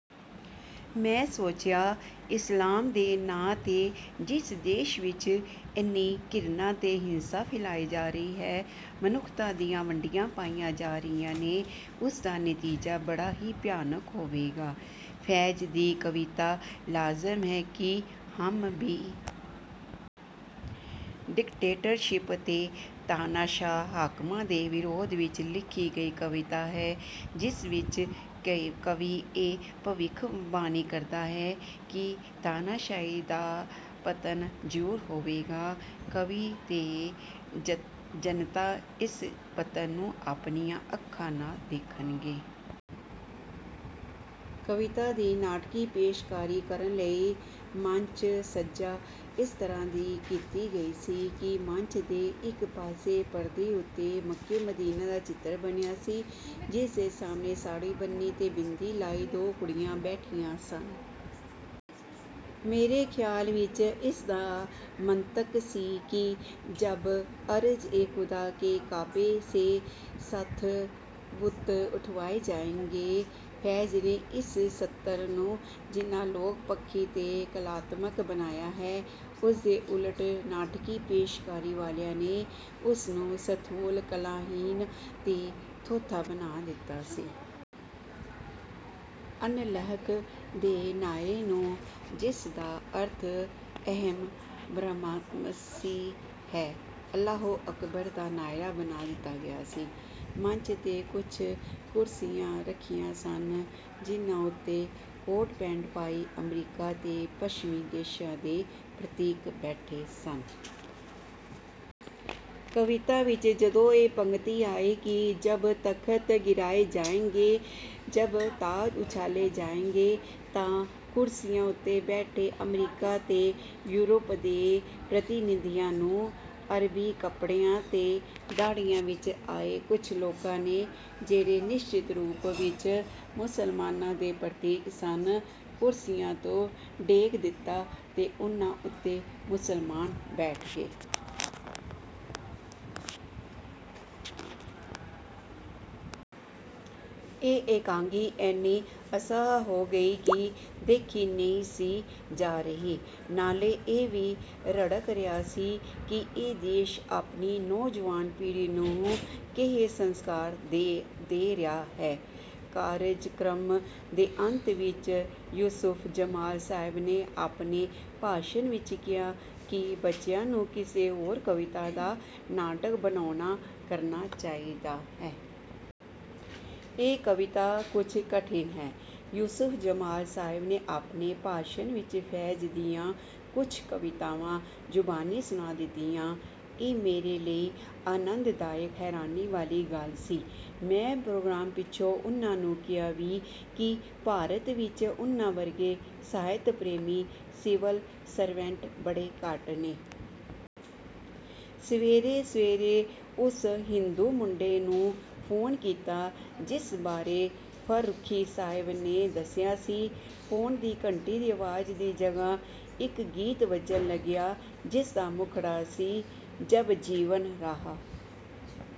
ਮੈਂ ਸੋਚਿਆ, ਇਸਲਾਮ ਦੇ ਨਾਂ ਤੇ ਜਿਸ ਦੇਸ਼ ਵਿੱਚ ਏਨੀ ਘਿਰਣਾ ਤੇ ਹਿੰਸਾ ਫੈਲਾਈ ਜਾ ਰਹੀ ਹੈ, 'ਮਨੁੱਖਤਾ' ਦੀਆਂ ਵੰਡੀਆਂ ਪਾਈਆਂ ਜਾ ਰਹੀਆਂ ਨੇ, ਉਸਦਾ ਨਤੀਜਾ ਬੜਾ ਹੀ ਭਿਆਨਕ ਹੋਵੇਗਾ। 'ਫ਼ੈਜ਼' ਦੀ ਕਵਿਤਾ 'ਲਾਜ਼ਿਮ ਹੈ ਕਿ ਹਮ ਭੀ...' ਡਿਕਟੇਟਰਸ਼ਿਪ ਤੇ ਤਾਨਾਸ਼ਾਹ ਹਾਕਮਾਂ ਦੇ ਵਿਰੋਧ ਵਿੱਚ ਲਿਖੀ ਗਈ ਕਵਿਤਾ ਹੈ, ਜਿਸ ਵਿੱਚ ਕਵੀ ਇਹ ਭਵਿੱਖਬਾਣੀ ਕਰਦਾ ਹੈ ਕਿ ਤਾਨਾਸ਼ਾਹੀ ਦਾ ਪਤਨ ਜ਼ਰੂਰ ਹੋਵੇਗਾ। ਕਵੀ ਤੇ ਜਨਤਾ ਇਸ ਪਤਨ ਨੂੰ ਆਪਣੀਆਂ ਅੱਖਾਂ ਨਾਲ ਦੇਖਣਗੇ। ਕਵਿਤਾ ਦੀ ਨਾਟਕੀ ਪੇਸ਼ਕਾਰੀ ਕਰਨ ਲਈ ਮੰਚ-ਸੱਜਾ ਇਸ ਤਰ੍ਹਾਂ ਦੀ ਕੀਤੀ ਗਈ ਸੀ ਕਿ ਮੰਚ ਦੇ ਇੱਕ ਪਾਸੇ ਪਰਦੇ ਉੱਤੇ ਮੱਕੇ-ਮਦੀਨੇ ਦਾ ਚਿੱਤਰ ਬਣਿਆ ਸੀ, ਜਿਸਦੇ ਸਾਹਮਣੇ ਸਾੜ੍ਹੀ ਬੰਨ੍ਹੀ ਤੇ ਬਿੰਦੀ ਲਾਈ ਦੋ ਕੁੜੀਆਂ ਬੈਠੀਆਂ ਸਨ। ਮੇਰੇ ਖ਼ਿਆਲ ਵਿੱਚ ਇਸ ਦਾ ਮੰਤਕ ਸੀ ਕਿ 'ਜਬ ਅਰਜ਼-ਏ-ਖ਼ੁਦਾ ਕੇ ਕਾਬੇ ਸੇ ਸਬ ਬੁਤ ਉਠਵਾਏ ਜਾਏਂਗੇ।' ਫ਼ੈਜ਼ ਨੇ ਇਸ ਸਤਰ ਨੂੰ ਜਿੰਨਾ ਲੋਕ-ਪੱਖੀ ਤੇ ਕਲਾਤਮਕ ਬਣਾਇਆ ਹੈ, ਉਸਦੇ ਉਲਟ ਨਾਟਕੀ ਪੇਸ਼ਕਾਰੀ ਵਾਲਿਆਂ ਨੇ ਉਸਨੂੰ ਸਥੂਲ, ਕਲਾਹੀਣ ਤੇ ਥੋਥਾ ਬਣਾ ਦਿੱਤਾ ਸੀ। 'ਅਨਲਹਕ' ਦੇ ਨਾਅਰੇ ਨੂੰ, ਜਿਸਦਾ ਅਰਥ 'ਅਹਮ ਬ੍ਰਹਮਾਸਮੀ' ਹੈ, 'ਅੱਲਾਹੋ ਅਕਬਰ' ਦਾ ਨਾਅਰਾ ਬਣਾ ਦਿੱਤਾ ਗਿਆ ਸੀ। ਮੰਚ 'ਤੇ ਕੁਝ ਕੁਰਸੀਆਂ ਰੱਖੀਆਂ ਸਨ, ਜਿਨ੍ਹਾਂ ਉੱਤੇ ਕੋਟ-ਪੈਂਟ ਪਾਈ ਅਮਰੀਕਾ ਤੇ ਪੱਛਮੀ ਦੇਸ਼ਾਂ ਦੇ ਪ੍ਰਤੀਕ ਬੈਠੇ ਸਨ। ਕਵਿਤਾ ਵਿੱਚ ਜਦੋਂ ਇਹ ਪੰਗਤੀ ਆਈ ਕਿ 'ਜਬ ਤਖ਼ਤ ਗਿਰਾਏ ਜਾਏਂਗੇ, ਜਬ ਤਾਜ ਉਛਾਲੇ ਜਾਏਂਗੇ', ਤਾਂ ਕੁਰਸੀਆਂ ਉੱਤੇ ਬੈਠੇ ਅਮਰੀਕਾ ਤੇ ਯੂਰਪ ਦੇ ਪ੍ਰਤੀਨਿਧੀਆਂ ਨੂੰ ਅਰਬੀ ਕੱਪੜਿਆਂ ਤੇ ਦਾੜ੍ਹੀਆਂ ਵਿੱਚ ਆਏ ਕੁਝ ਲੋਕਾਂ ਨੇ, ਜਿਹੜੇ ਨਿਸ਼ਚਿਤ ਰੂਪ ਵਿੱਚ ਮੁਸਲਮਾਨਾਂ ਦੇ ਪ੍ਰਤੀਕ ਸਨ, ਕੁਰਸੀਆਂ ਤੋਂ ਡੇਗ ਦਿੱਤਾ ਤੇ ਉਹਨਾਂ ਉੱਤੇ ਮੁਸਲਮਾਨ ਬੈਠ ਗਏ। ਇਹ ਇਕਾਂਗੀ ਏਨੀ ਅਸਹਿ ਹੋ ਗਈ ਕਿ ਦੇਖੀ ਨਹੀਂ ਸੀ ਜਾ ਰਹੀ। ਨਾਲੇ ਇਹ ਵੀ ਰੜਕ ਰਿਹਾ ਸੀ ਕਿ ਇਹ ਦੇਸ਼ ਆਪਣੀ ਨੌਜਵਾਨ ਪੀੜ੍ਹੀ ਨੂੰ ਕੇਹੇ ਸੰਸਕਾਰ ਦੇ ਰਿਹਾ ਹੈ? ਕਾਰਜਕ੍ਰਮ ਦੇ ਅੰਤ ਵਿੱਚ ਯੂਸੁਫ ਜਮਾਲ ਸਾਹਿਬ ਨੇ ਆਪਣੇ ਭਾਸ਼ਣ ਵਿੱਚ ਕਿਹਾ ਕਿ ਬੱਚਿਆਂ ਨੂੰ ਕਿਸੇ ਹੋਰ ਕਵਿਤਾ ਦਾ ਨਾਟਕ ਬਣਾਉਣਾ ਕਰਨਾ ਚਾਹੀਦਾ ਹੈ। ਇਹ ਕਵਿਤਾ ਕੁਝ ਕਠਿਨ ਹੈ। ਯੂਸੁਫ ਜਮਾਲ ਸਾਹਿਬ ਨੇ ਆਪਣੇ ਭਾਸ਼ਣ ਵਿੱਚ ਫ਼ੈਜ਼ ਦੀਆਂ ਕੁਝ ਕਵਿਤਾਵਾਂ ਜ਼ੁਬਾਨੀ ਸੁਣਾ ਦਿੱਤੀਆਂ। ਇਹ ਮੇਰੇ ਲਈ ਆਨੰਦਦਾਇਕ ਹੈਰਾਨੀ ਵਾਲੀ ਗੱਲ ਸੀ। ਮੈਂ ਪ੍ਰੋਗਰਾਮ ਪਿੱਛੋਂ ਉਹਨਾਂ ਨੂੰ ਕਿਹਾ ਵੀ ਕਿ ਭਾਰਤ ਵਿੱਚ ਉਹਨਾਂ ਵਰਗੇ ਸਾਹਿਤ-ਪ੍ਰੇਮੀ ਸਿਵਲ ਸਰਵੈਂਟ ਬੜੇ ਘੱਟ ਨੇ। ਸਵੇਰੇ-ਸਵੇਰੇ ਉਸ ਹਿੰਦੂ ਮੁੰਡੇ ਨੂੰ ਫੋਨ ਕੀਤਾ, ਜਿਸ ਬਾਰੇ ਫ਼ਰਰੁਖ਼ੀ ਸਾਹਿਬ ਨੇ ਦੱਸਿਆ ਸੀ। ਫੋਨ ਦੀ ਘੰਟੀ ਦੀ ਆਵਾਜ਼ ਦੀ ਜਗ੍ਹਾ ਇੱਕ ਗੀਤ ਵੱਜਣ ਲੱਗਿਆ, ਜਿਸਦਾ ਮੁਖੜਾ ਸੀ, 'ਜਬ ਜੀਵਨ ਰਾਹ...'